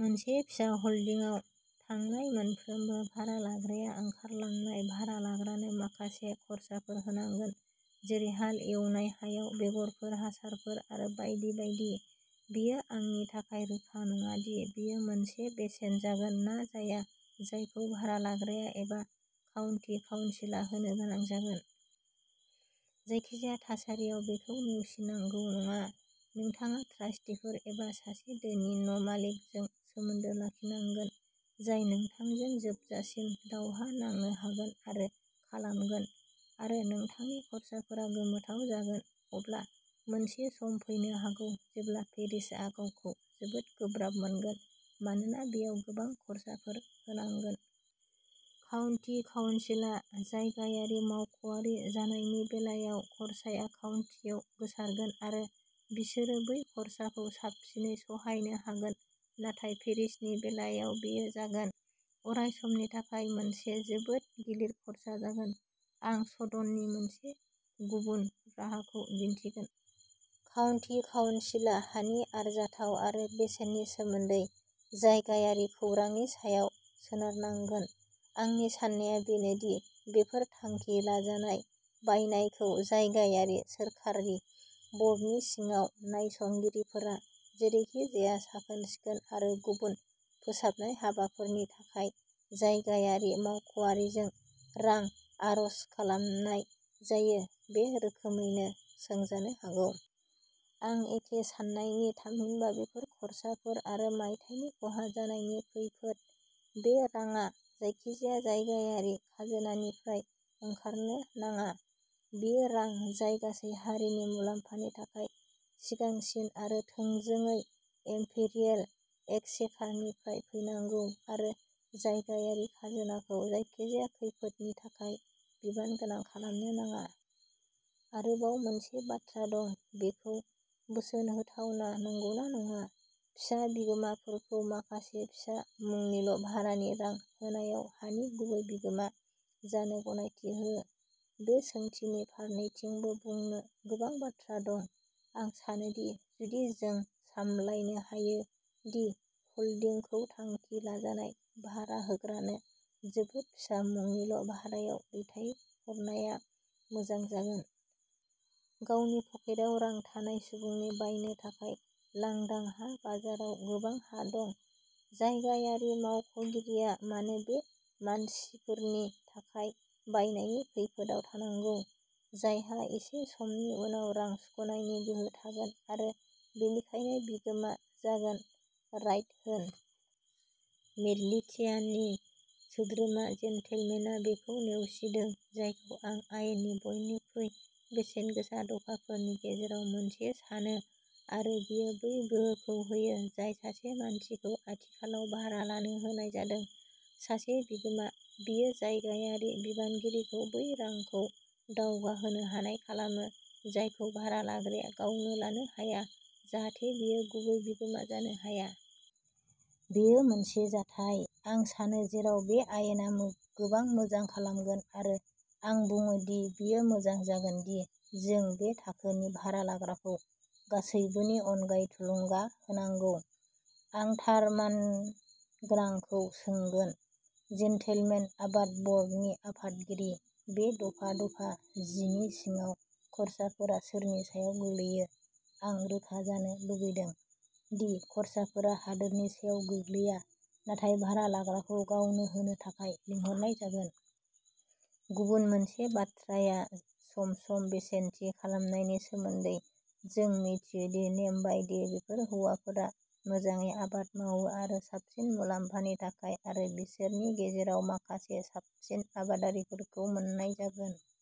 मोनसे फिसा ह'ल्डिंआव थांनाय मोनफ्रोमबो भारा लाग्राया ओंखारलांनाय भारा लाग्रानो माखासे खर्साफोर होनांगोन, जेरै हाल एवनाय, हायाव बेगरफोर, हासारफोर आरो बायदि बायदि। बेयो आंनि थाखाय रोखा नङा दि बेयो मोनसे बेसेन जागोन ना जाया जायखौ भारा लाग्राया एबा काउन्टि काउन्सिलआ होनो गोनां जागोन। जायखिजाया थासारियाव बेखौ नेवसिनांगौ नङा। नोंथाङा ट्रास्टिफोर एबा सासे धोनि न' मालिकजों सोमोन्दो लाखिनांगोन, जाय नोंथांजों जोबजासिम दावहा नांनो हागोन आरो खालामगोन आरो नोंथांनि खर्साफोरा गोमोथाव जागोन। अब्ला मोनसे सम फैनो हागौ जेब्ला पेरिसआ गावखौ जोबोद गोब्राब मोनगोन, मानोना बेयाव गोबां खर्साफोर होनांगोन। काउन्टि काउन्सिलआ जायगायारि मावख'आरि जानायनि बेलायाव खरसाया काउन्टिआव गोसारगोन आरो बिसोरो बै खरसाखौ साबसिनै सहायनो हागोन नाथाय पेरिसनि बेलायाव बेयो जागोन। अरायसमनि थाखाय मोनसे जोबोद गिलिर खर्सा जागोन। आं सदननि मोनसे गुबुन राहाखौ दिन्थिगोन। काउन्टि काउनसिला हानि आरजाथाव आरो बेसेननि सोमोन्दै जायगायारि खौरांनि सायाव सोनारनांगोन। आंनि साननाया बेनो दि बेफोर थांखि लाजानाय बायनायखौ जायगायारि सोरखारि बर्डनि सिङाव नायसंगिरिफोरा जेरैखिजाया साखोन-सिखोन आरो गुबुन फोसाबनाय हाबाफोरनि थाखाय जायगायारि मावख'आरिजों रां आर'ज खालामनाय जायो, बे रोखोमैनो सोंजानो हागौ। आं एखे साननायनि थामहिनबा, बेफोर खर्साफोर आरो मायथाइनि खहा जानायनि खैफोद बे राङा जायखिजाया जायगायारि खाजोनानिफ्राय ओंखारनो नाङा। बेयो रां जाय गासै हारिनि मुलाम्फानि थाखाय सिगांसिन आरो थोंजोङै इम्पेरियेल एक्सचेकारनिफ्राय फैनांगौ आरो जायगायारि खाजोनाखौ जायखिजाया खैफोदनि थाखाय बिबानगोनां खालामनो नाङा। आरोबाव मोनसे बाथ्रा दं, बेखौ बोसोन होथावना नंगौना नङा। फिसा बिगोमाफोरखौ माखासे फिसा मुंनिल' भारानि रां होनायाव हानि गुबै बिगोमा जानो गनायथि हो। बे सोंथिनि फारनैथिंबो बुंनो गोबां बाथ्रा दं। आं सानो दि जुदि जों सामलायनो हायो दि होल्डिंखौ थांखि लाजानाय भारा होग्रानो जोबोद फिसा मुंनिल' भारायाव दैथायहरनाया मोजां जागोन। गावनि पकेटाव रां थानाय सुबुंनि बायनो थाखाय लांदां हा बाजाराव गोबां हा दं। जायगायारि मावख'गिरिआ मानो बे मानसिफोरनि थाखाय बायनायनि खैफोदआव थांनांगौ, जायहा एसे समनि उनाव रां सुख'नायनि गोहो थागोन आरो बेनिखायनो बिगोमा जागोन राइट होन। मिडलोथियाननि सोद्रोमा जेनटेलमेनआ बेखौ नेवसिदों जायखौ आं आयेननि बयनिख्रुइ बेसेनगोसा दफाफोरनि गेजेराव मोनसे सानो आरो बेनो बै गोहोखौ होयो जाय सासे मानसिखौ आथिखालाव भारा लानो होनाय जादों। सासे बिगोमा। बेयो जायगायारि बिबानगिरिखौ बै रांखौ दावगाहोनो हानाय खालामो, जायखौ भारा लाग्राया गावनो लानो हाया, जाहाथे बियो गुबै बिगोमा जानो हायो। बेयो मोनसे जाथाय, आं सानो, जेराव बे आयेना गोबां मोजां खालामगोन आरो आं बुङो दि बेयो मोजां जागोन दि जों बे थाखोनि भारा लाग्राखौ गासैबोनि अनगायै थुलुंगा होनांगौ। आं थार मानगोनांखौ सोंगोन। जेन्टलमेन, आबाद बर्डनि आफादगिरि, बे दफा-दफा जि नि सिङाव खर्साफोरा सोरनि सायाव गोग्लैयो आं रोखा जानो लुबैदों दि खर्साफोरा हादोरनि सायाव गोग्लैया, नाथाय भारा लाग्राखौ गावनो होनो थाखाय लिंहरनाय जागोन। गुबुन मोनसे बाथ्राया सम-सम बेसेन थि खालामनायनि सोमोनदै। जों मिथियो दि नेम बायदियै बेफोर हौवाफोरा मोजाङै आबाद मावो आरो साबसिन मुलाम्फानि थाखाय आरो बिसोरनि गेजेराव माखासे साबसिन आबादारिफोरखौ मोन्नाय जागोन।